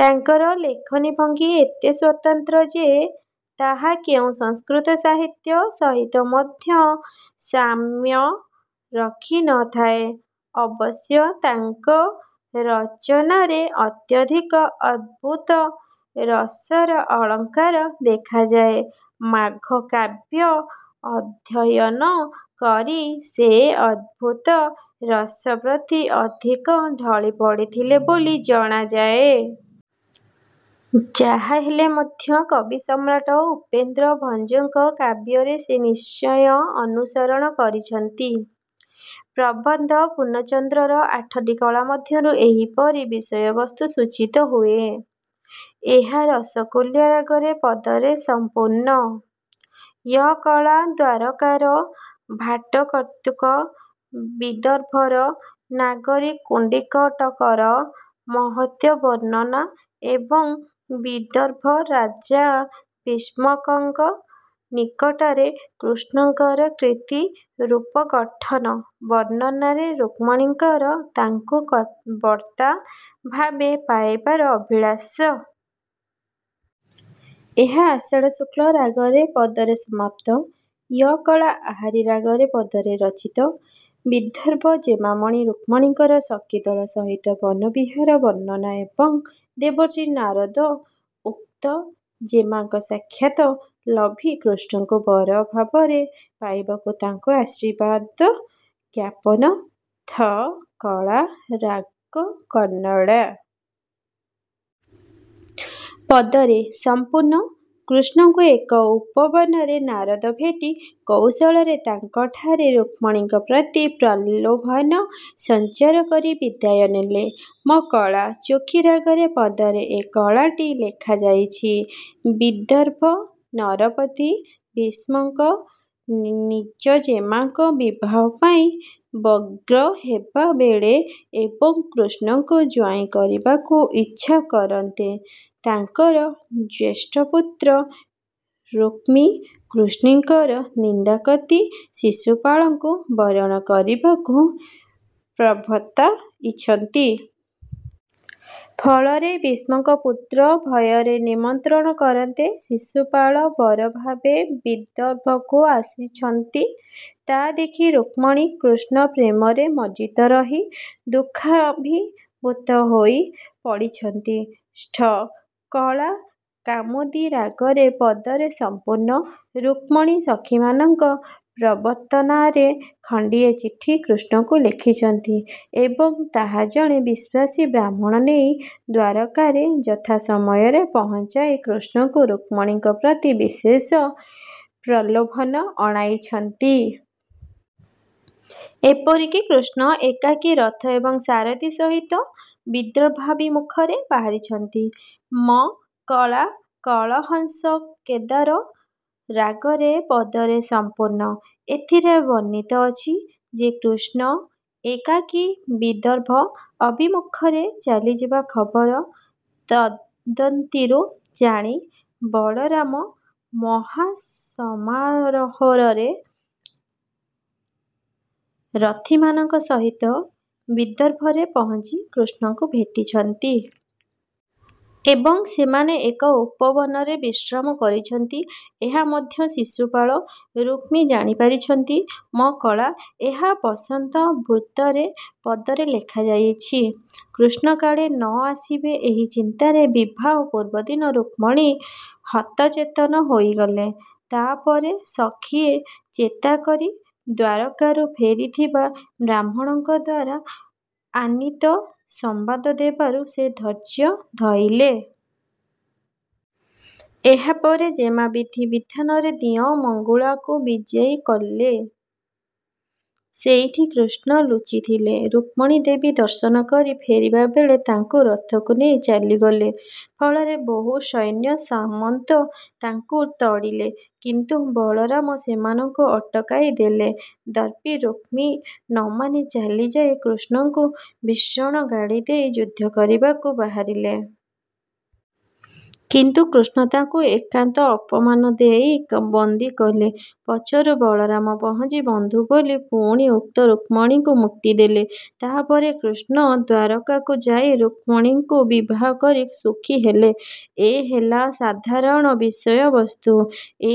ତାଙ୍କର ଲେଖନୀ ଭଙ୍ଗି ଏତେ ସ୍ୱତନ୍ତ୍ର ଯେ ତାହା କେଉଁ ସଂସ୍କୃତ ସାହିତ୍ୟ ସହିତ ମଧ୍ୟ ସାମ୍ୟ ରଖି ନ ଥାଏ, ଅବଶ୍ୟ ତାଙ୍କ ରଚନାରେ ଅତ୍ୟଧିକ ଅଦ୍ଭୁତ ରସର ଅଳଙ୍କାର ଦେଖାଯାଏ, ମାଘ କାବ୍ୟ ଅଧ୍ୟୟନ କରି ସେ ଅତ୍ୟଦ୍ଭୁତ ରସ ପ୍ରତି ଅଧିକ ଢଳି ପଡ଼ିଥିଲେ ବୋଲି ଜଣାଯାଏ। ଯାହାହେଲେ ମଧ୍ୟ କବିସମ୍ରାଟ ଉପେନ୍ଦ୍ର ଭଞ୍ଜଙ୍କ କାବ୍ୟର ସେ ନିଶ୍ଚୟ ଅନୁସରଣ କରିଛନ୍ତି। ପ୍ରବନ୍ଧ ପୂର୍ଣ୍ଣଚନ୍ଦ୍ରର ଆଠଟି କଳା ମଧ୍ୟରୁ ଏହିପରି ବିଷୟବସ୍ତୁ ସୂଚିତ ହୁଏ। ଏହା ରସକୁଲ୍ୟା ରାଗରେ ପଦରେ ସଂପୂର୍ଣ୍ଣ। ୟ କଳା-ଦ୍ୱାରକାର ଭାଟ କର୍ତ୍ତୃକ ବିଦର୍ଭର ନଗରୀ କୁଣ୍ଡିକଟକର ମହତ୍ତ୍ୱ ବର୍ଣ୍ଣନା ଏବଂ ବିଦର୍ଭ ରାଜା ଭୀଷ୍ମକଙ୍କ ନିକଟରେ କୃଷ୍ଣଙ୍କର କୀର୍ତ୍ତି, ରୂପ, ଗଠନ ବର୍ଣ୍ଣନାରେ ରୁକ୍ମଣୀଙ୍କର ତାଙ୍କୁ ଭର୍ତ୍ତା ଭାବେ ପାଇବାର ଅଭିଳାଷ। ଏହା ଆଷାଢ଼ ଶୁକ୍ଲ ରାଗରେ ପଦରେ ସମାପ୍ତ। ୟ କଳା-ଆହାରି ରାଗରେ ପଦରେ ରଚିତ। ବିଦର୍ଭ ଜେମାମଣି ରୁକ୍ମିଣୀଙ୍କର ସଖିଦଳ ସହିତ ବନ ବିହାର ବର୍ଣ୍ଣନା ଏବଂ ଦେବର୍ଷି ନାରଦ ଉକ୍ତ ଜେମାଙ୍କ ସାକ୍ଷାତ ଲଭି କୃଷ୍ଣଙ୍କୁ ବରଭାବରେ ପାଇବାକୁ ତାଙ୍କୁ ଆଶୀର୍ବାଦ ଜ୍ଞାପନ। ର୍ଥ କଳା-ରାଗ କନଡ଼ା। ପଦରେ। ସଂପୂର୍ଣ୍ଣ। କୃଷ୍ଣଙ୍କୁ ଏକ ଉପବନରେ ନାରଦ ଭେଟି, କୌଶଳରେ ତାଙ୍କଠାରେ ରୁକ୍ମିଣୀଙ୍କ ପ୍ରତି ପ୍ରଲୋଭନ ସଂଚାର କରି ବିଦାୟ ନେଲେ। ମ କଳା-ଚୋଖୀ ରାଗରେ ପଦରେ ଏ କଳାଟି ଲେଖାଯାଇଛି। -ବିଦର୍ଭ ନରପତି ଭୀଷ୍ମକ ନିଜଜେମାଙ୍କ ବିବାହ ପାଇଁ ବ୍ୟଗ୍ର ହେବା ବେଳେ ଏବଂ କୃଷ୍ଣଙ୍କୁ ଜ୍ୱାଇଁ କରିବାକୁ ଇଚ୍ଛା କରନ୍ତେ ତାଙ୍କର ଜ୍ୟେଷ୍ଠପୁତ୍ର ରୁକ୍ମୀ କୃଷ୍ଣଙ୍କର ନିନ୍ଦାକତି ଶିଶୁପାଳଙ୍କୁ ବରଣ କରିବାକୁ ପ୍ରବର୍ତ୍ତାଇଛନ୍ତି। ଫଳରେ ଭୀଷ୍ମକ ପୁତ୍ର ଭୟରେ ନିମନ୍ତ୍ରଣ କରନ୍ତେ ଶିଶୁପାଳ ବରଭାବେ ବିଦର୍ଭକୁ ଆସିଛନ୍ତି। ତା ଦେଖି ରୁକ୍ମିଣୀ କୃଷ୍ଣ ପ୍ରେମରେ ମଜ୍ଜିତ ରହି ଦୁଃଖାଭିଭୂତ ହୋଇ ପଡ଼ିଛନ୍ତି-। ଷ୍ଠ କଳା- କାମୋଦି ରାଗରେ ପଦରେ ସଂପୂର୍ଣ୍ଣ। - ରୁକ୍ମିଣୀ ସଖିମାନଙ୍କ ପ୍ରବର୍ତ୍ତନାରେ ଖଣ୍ଡିଏ ଚିଠି କୃଷ୍ଣଙ୍କୁ ଲେଖିଛନ୍ତି ଏବଂ ତାହା ଜଣେ ବିଶ୍ୱାସୀ ବ୍ରାହ୍ମଣ ନେଇ ଦ୍ୱାରକାରେ ଯଥା ସମୟରେ ପହଞ୍ଚାଇ, କୃଷ୍ଣଙ୍କୁ ରୁକ୍ମିଣୀଙ୍କ ପ୍ରତି ବିଶେଷ ପ୍ରଲୋଭନ ଅଣାଇଛନ୍ତି। ଏପରିକି କୃଷ୍ଣ ଏକାକୀ ରଥ ଏବଂ ସାରଥୀ ସହିତ ବିଦର୍ଭାଭିମୁଖରେ ବାହାରିଛନ୍ତି। ମ କଳା-କଳହଂସକେଦାର ରାଗରେ ପଦରେ ସଂପୂର୍ଣ୍ଣ। ଏଥିରେ ବର୍ଣ୍ଣିତ ଅଛି ଯେ କୃଷ୍ଣ ଏକାକୀ ବିଦର୍ଭ ଅଭିମୁଖରେ ଚାଲିଯିବା ଖବର ତଦନ୍ତିରୁ ଜାଣି, ବଳରାମ ମହାସମାରୋହରେ ରଥିମାନଙ୍କ ସହିତ ବିଦର୍ଭରେ ପହଞ୍ଚି କୃଷ୍ଣଙ୍କୁ ଭେଟିଛନ୍ତି। ଏବଂ ସେମାନେ ଏକ ଉପବନରେ ବିଶ୍ରାମ କରିଛନ୍ତି। ଏହା ମଧ୍ୟ ଶିଶୁପାଳ, ରୁକ୍ମୀ ଜାଣିପାରିଛନ୍ତି। ମ କଳା-ଏହା ବସନ୍ତ ବୃତ୍ତରେ ପଦରେ ଲେଖାଯାଇଛି। -କୃଷ୍ଣ କାଳେ ନ ଆସିବେ ଏହି ଚିନ୍ତାରେ ବିବାହ ପୂର୍ବଦିନ ରୁକ୍ମିଣୀ ହତଚେତନ ହୋଇଗଲେ। ତା ପରେ ସଖିଏ ଚେତାକରି ଦ୍ୱାରକାରୁ ଫେରିଥିବା ବ୍ରାହ୍ମଣଙ୍କଦ୍ୱାରା ଆନୀତ ସମ୍ବାଦ ଦେବାରୁ ସେ ଧୈର୍ଯ୍ୟ ଧଇଲେ। ଏହାପରେ ଜେମା ବିଧି ବିଧାନରେ ଦିଅଁ ମଙ୍ଗୁଳାକୁ ବିଜେକଲେ। ସେଇଠି କୃଷ୍ଣ ଲୁଚିଥିଲେ। ରୁକ୍ମିଣୀ ଦେବୀ ଦର୍ଶନ କରି ଫେରିବା ବେଳେ ତାଙ୍କୁ ରଥକୁ ନେଇ ଚାଲିଗଲେ। ଫଳରେ ବହୁ ସୈନ୍ୟ ସାମନ୍ତ ତାଙ୍କୁ ତଡ଼ିଲେ। କିନ୍ତୁ ବଳରାମ ସେମାନଙ୍କୁ ଅଟକାଇ ଦେଲେ। ଦର୍ପି ରୁକ୍ମୀ ନମାନି ଚାଲିଯାଇ କୃଷ୍ଣଙ୍କୁ ଭୀଷଣ ଗାଳିଦେଇ ଯୁଦ୍ଧ କରିବାକୁ ବାହାରିଲେ। କିନ୍ତୁ କୃଷ୍ଣ ତାଙ୍କୁ ଏକାନ୍ତ ଅପମାନ ଦେଇ ବନ୍ଦିକଲେ। ପଛରୁ ବଳରାମ ପହଞ୍ଚି ବନ୍ଧୁ ବୋଲି ପୁଣି ଉକ୍ତ ରୁକ୍ମୀଙ୍କୁ ମୁକ୍ତିଦେଲେ। ତା ପରେ କୃଷ୍ଣ ଦ୍ୱାରକାକୁ ଯାଇ ରୁକ୍ମିଣୀଙ୍କୁ ବିବାହ କରି ସୁଖୀ ହେଲେ। ଏ ହେଲା ସାଧାରଣ ବିଷୟ ବସ୍ତୁ। ଏ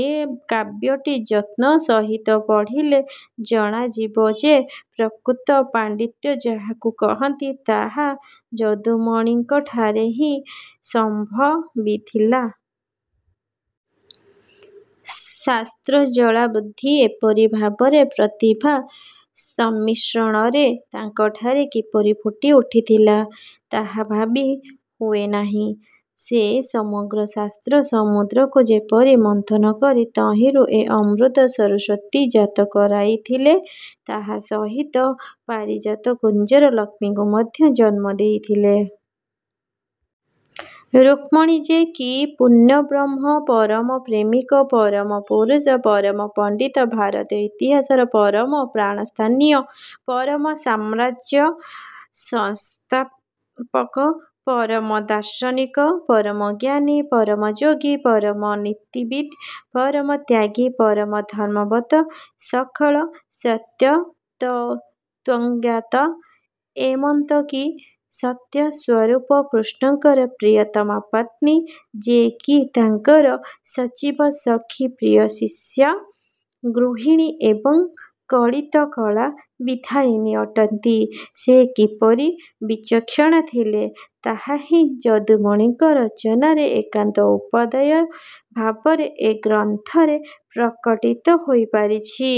କାବ୍ୟଟି ଯତ୍ନ ସହିତ ପଢ଼ିଲେ ଜଣାଯିବ ଯେ ପ୍ରକୃତ ପାଣ୍ଡିତ୍ୟ ଯାହାକୁ କହନ୍ତି, ତାହା ଯଦୁମଣିଙ୍କଠାରେ ହିଁ ସମ୍ଭବିଥିଲା। ଶାସ୍ତ୍ରୋଜ୍ୱଳା ବୁଦ୍ଧି ଏପରି ଭାବରେ ପ୍ରତିଭା ସମ୍ମିଶ୍ରଣରେ ତାଙ୍କଠାରେ କିପରି ଫୁଟି ଉଠିଥିଲା, ତାହା ଭାବି ହୁଏନାହିଁ। ସେ ସମଗ୍ର ଶାସ୍ତ୍ର - ସମୁଦ୍ରକୁ ଯେପରି ମନ୍ଥନ କରି ତହିଁରୁ ଏ ଅମୃତ ସରସ୍ୱତୀ ଜାତ କରାଇ ଥିଲେ, ତା ସହିତ ପାରିଜାତ କୁଞ୍ଜର ଲକ୍ଷ୍ମୀଙ୍କୁ ମଧ୍ୟ ଜନ୍ମ ଦେଇଥିଲେ। ରୁକ୍ମିଣୀ ଯେ କି ପୂର୍ଣ୍ଣବ୍ରହ୍ମ, ପରମପ୍ରେମିକ, ପରମ ପୁରୁଷ, ପରମ ପଣ୍ଡିତ, ଭାରତ ଇତିହାସର ପରମ ପ୍ରାଣସ୍ଥାନୀୟ, ପରମ ସାମ୍ରାଜ୍ୟ ସଂସ୍ଥାପକ, ପରମ ଦାର୍ଶନିକ, ପରମ ଜ୍ଞାନୀ, ପରମ ଯୋଗୀ, ପରମ ନୀତିବିଦ୍, ପରମ ତ୍ୟାଗୀ, ପରମ ଧର୍ମ୍ମବେତ୍ତା, ସକଳ ସତ୍ୟତତ୍ତ୍ୱଜ୍ଞାତା ଏମନ୍ତକି ସତ୍ୟ ସ୍ୱରୁପ କୃଷ୍ଣଙ୍କର ପ୍ରିୟତମା ପତ୍ନୀ, ଯେ କି ତାଙ୍କର ସଚୀବ, ସଖୀ ପ୍ରିୟଶିଷ୍ୟା, ଗୃହିଣୀ ଏବଂ ଲଳିତକଳା ବିଧାୟିନୀ ଅଟନ୍ତି, ସେ କିପରି ବିଚକ୍ଷଣା ଥିଲେ, ତାହା ହିଁ ଯଦୁମଣିଙ୍କ ରଚନାରେ ଏକାନ୍ତ ଉପାଦେୟ ଭାବରେ ଏ ଗ୍ରନ୍ଥରେ ପ୍ରକଟିତ ହୋଇ ପାରିଛି।